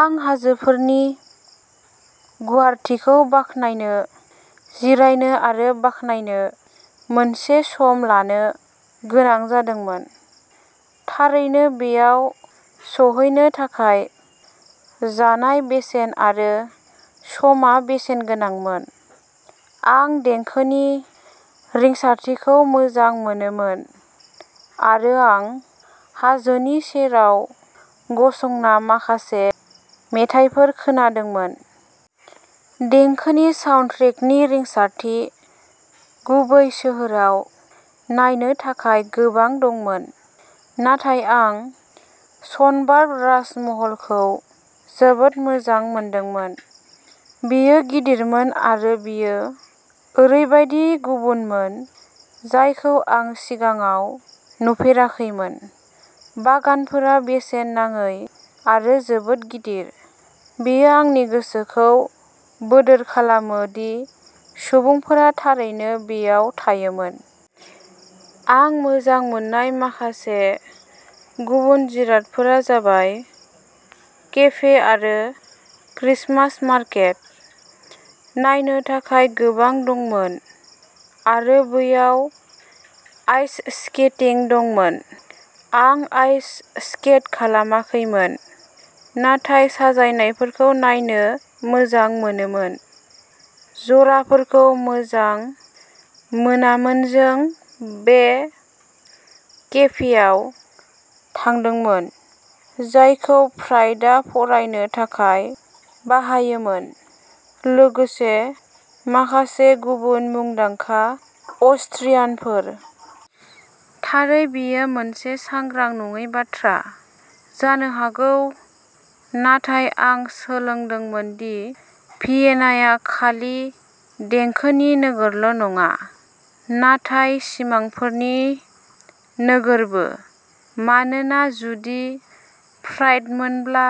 आं हाजोफोरनि गुवारथिखौ बाख्नायनो जिरायनो आरो बाख्नायनो मोनसे सम लानो गोनां जादोंमोन। थारैनो बैयाव सौहैनो थाखाय जानाय बेसेन आरो समा बेसेनगोनांमोन। आं देंखोनि रिंसारथिखौ मोजां मोनोमोन आरो आं हाजोनि सेराव गसंना माखासे मेथाइफोर खोनादोंमोन। देंखोनि साउन्डट्रेकनि रिंसारथि। गुबै सोहोराव, नायनो थाखाय गोबां दंमोन नाथाय आं श'नबार्ग राजमहलखौ जोबोद मोजां मोनदोंमोन। बेयो गिदिरमोन आरो बेयो ओरैबायदि गुबुनमोन जायखौ आं सिगाङाव नुफेराखैमोन। बागानफोरा बेसेन नाङै आरो जोबोद गिदिर। बेयो आंनि गोसोखौ बोदोर खालामो दि सुबुंफोरा थारैनो बैयाव थायोमोन। आं मोजां मोननाय माखासे गुबुन जिरादफोरा जाबाय केफे आरो क्रिसमास मार्केट। नायनो थाखाय गोबां दंमोन आरो बैयाव आइस स्केटिं दंमोन। आं आइस स्केट खालामाखैमोन नाथाय साजायनायफोरखौ नायनो मोजां मोनोमोन। जराफोरखौ मोजां मोनामोनजों बे केफेआव थांदोंमोन जायखौ फ्रायडआ फरायनो थाखाय बाहायोमोन लोगोसे माखासे गुबुन मुंदांखा अस्ट्रियानफोर। थारै बेयो मोनसे सांग्रां नङै बाथ्रा जानो हागौ, नाथाय आं सोलोंदोंमोन दि भियेनाया खालि देंखोनि नोगोरल'नङा, नाथाय सिमांफोरनि नोगोरबो मानोना जुदि फ्रायडमोनब्ला।